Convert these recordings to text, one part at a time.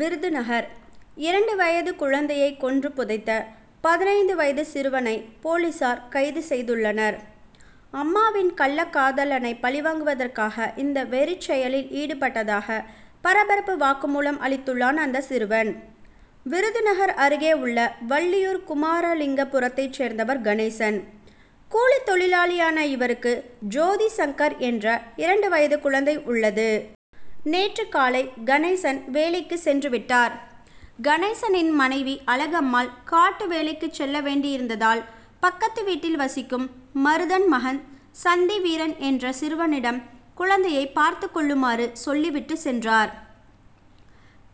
விருதுநகர்: இரண்டு வயது குழந்தையை கொன்று புதைத்த பதினைந்து வயது சிறுவனை போலீசார் கைது செய்துள்ளனர். அம்மாவின் கள்ளக்காதலனை பழிவாங்குவதற்காக இந்த வெறிச்செயலில் ஈடுபட்டதாக பரபரப்பு வாக்குமூலம் அளித்துள்ளான் அந்த சிறுவன். விருதுநகர் அருகே உள்ள வள்ளியூர் குமாரலிங்கபுரத்தைச் சேர்ந்தவர் கணேசன். கூலித் தொழிலாளியான இவருக்கு ஜோதிசங்கர் என்ற இரண்டு வயது குழந்தை உள்ளது. நேற்று காலை கணேசன் வேலைக்கு சென்று விட்டார். கணேசனின் மனைவி அழகம்மாள் காட்டு வேலைக்கு செல்ல வேண்டியிருந்ததால் பக்கத்து வீட்டில் வசிக்கும் மருதன் மகன் சந்திவீரன் என்ற சிறுவனிடம் குழந்தையை பார்த்துக்கொள்ளுமாறு சொல்லி விட்டுச் சென்றார்.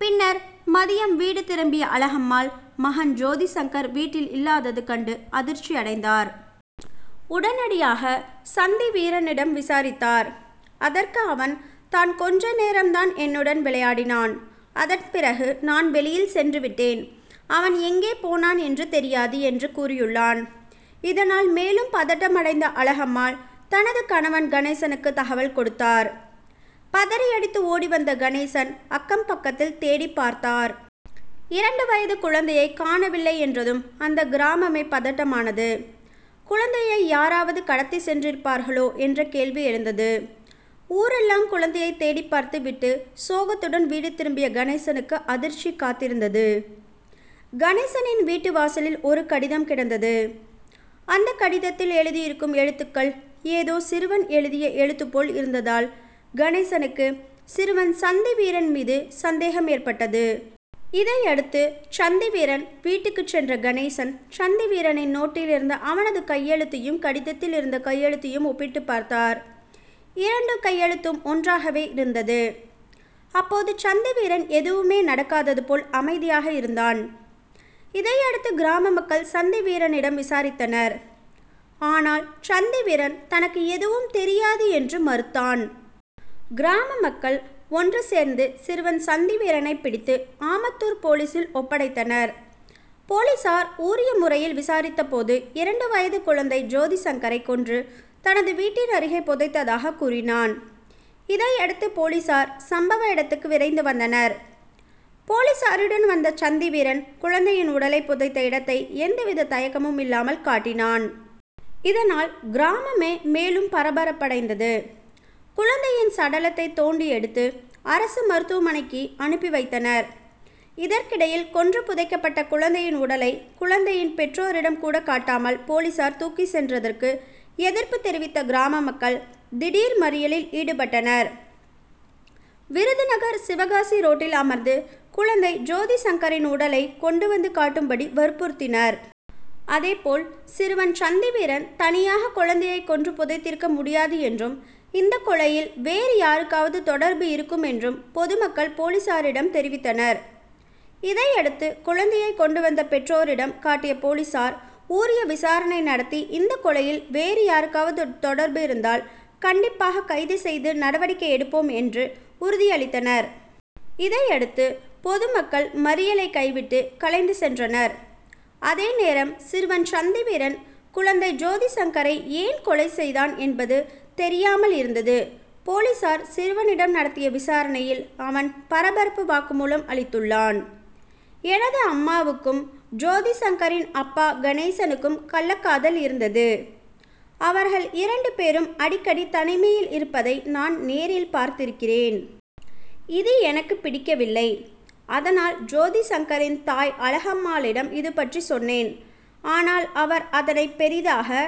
பின்னர் மதியம் வீடு திரும்பிய அழகம்மாள், மகன் ஜோதிசங்கர் வீட்டில் இல்லாதது கண்டு அதிர்ச்சியடைந்தார். உடனடியாக சந்திவீரனிடம் விசாரித்தார். அதற்கு அவன், தான் கொஞ்சநேரம்தான் என்னுடன் விளையாடினான். அதன் பிறகு நான் வெளியில் சென்று விட்டேன். அவன் எங்கே போனான் என்று தெரியாது, என்று கூறியுள்ளான். இதனால் மேலும் பதட்டமடைந்த அழகம்மாள், தனது கணவன் கணேசனுக்கு தகவல் கொடுத்தார். பதறியடித்து ஓடிவந்த கணேசன், அக்கம் பக்கத்தில் தேடிப்பார்த்தார். இரண்டு வயது குழந்தையை காணவில்லை என்றதும் அந்த கிராமமே பதட்டமானது. குழந்தையை யாராவது கடத்தி சென்றிருப்பார்களோ? என்ற கேள்வி எழுந்தது. ஊரெல்லாம் குழந்தையை தேடிப்பார்த்து விட்டு சோகத்துடன் வீடு திரும்பிய கணேசனுக்கு அதிர்ச்சி காத்திருந்தது. கணேசனின் வீட்டு வாசலில் ஒரு கடிதம் கிடந்தது. அந்த கடிதத்தில் எழுதியிருக்கும் எழுத்துக்கள் ஏதோ சிறுவன் எழுதிய எழுத்து போல இருந்ததால் கணேசனுக்கு, சிறுவன் சந்திவீரன் மீது சந்தேகம் ஏற்பட்டது. இதையடுத்து சந்திவீரன் வீட்டுக்கு சென்ற கணேசன், சந்திவீரனின் நோட்டில் இருந்த அவனது கையெழுத்தையும், கடிதத்தில் இருந்த கையெழுத்தையும் ஒப்பிட்டு பார்த்தார். இரண்டு கையெழுத்தும் ஒன்றாகவே இருந்தது. அப்போது சந்திவீரன் எதுவுமே நடக்காதது போல அமைதியாக இருந்தான். இதையடுத்து கிராம மக்கள் சந்திவீரனினம் விசாரித்தனர். ஆனால் சந்திவீரன், தனக்கு எதுவும் தெரியாது என்று மறுத்தான். கிராமமக்கள் ஒன்றுசேர்ந்து சிறுவன் சந்திவீரனை பிடித்து ஆமத்தூர் போலீசில் ஒப்படைத்தனர். போலீசார் உரிய முறையில் விசாரித்தபோது, இரண்டு வயது குழந்தை ஜோதிசங்களை கொன்று தனது வீட்டின் அருகே புதைத்ததாக கூறினான். இதையடுத்து போலீசார் சம்பவ இடத்துக்கு விரைந்து வந்தனர். போலீசாருடன் வந்த சந்திவீரன், குழந்தையின் உடலை புதைத்த இடத்தை எந்தவித தயக்கமும் இல்லாமல் காட்டினான். இதனால் கிராமமே மேலும் பரபரப்படைந்தது. குழந்தையின் சடலத்தை தோண்டி எடுத்து அரசு மருத்துவமனைக்கு அனுப்பி வைத்தனர். இதற்கிடையில், கொன்று புதைக்கப்பட்ட குழந்தையின் உடலை குழந்தையின் பெற்றோரிடம் கூட காட்டாமல் போலீசார் தூக்கிச் சென்றதற்கு எதிர்ப்பு தெரிவித்த கிராம மக்கள் திடீர் மறியலில் ஈடுபட்டனர். விருதுநகர்- சிவகாசி ரோட்டில் அமர்ந்து குழந்தை ஜோதி சங்கரின் உடலை கொண்டு வந்து காட்டும்படி வற்புறுத்தினர். அதேபோல சிறுவன் சந்திவீரன் தனியாக குழந்தையை கொன்று புதைத்திருக்க முடியாது என்றும், இந்த கொலையில் வேறு யாருக்காவது தொடர்பு இருக்கும் என்றும் பொதுமக்கள் போலீசாரிடம் தெரிவித்தனர். இதையடுத்து குழந்தையை கொண்டு வந்து பெற்றோரிடம் காட்டிய போலீசார், உரிய விசாரணை நடத்தி இந்த கொலையில் வேறு யாருக்காவது தொடர்பு இருந்தால் கண்டிப்பாக கைது செய்து நடவடிக்கை எடுப்போம், என் உறுதி அளித்தனர். இதையடுத்து பொதுமக்கள் மறியலை கைவிட்டு கலைந்து சென்றனர். அதேநேரம் சிறுவன் சந்திவீரன், குழந்தை ஜோதிசங்கரை ஏன் கொலை செய்தான்? என்பது தெரியாமல் இருந்தது. போலீசார் சிறுவனிடம் நடத்திய விசாரணையில் அவன் பரபரப்பு வாக்குமூலம் அளித்துள்ளான். எனது அம்மாவுக்கும், ஜோதிசங்கரின் அப்பா கணேசனுக்கும் கள்ளக்காதல் இருந்தது. அவர்கள் இரண்டுபேரும் அடிக்கடி தனிமையில் இருப்பதை நான் நேரில் பார்த்திருக்கிறேன். இது எனக்கு பிடிக்கவில்லை. அதனால் ஜோதிசங்கரின் தாய் அழகம்மாளிடம் இதுபற்றி சொன்னேன். ஆனால் அவர் அதனை பெரிதாக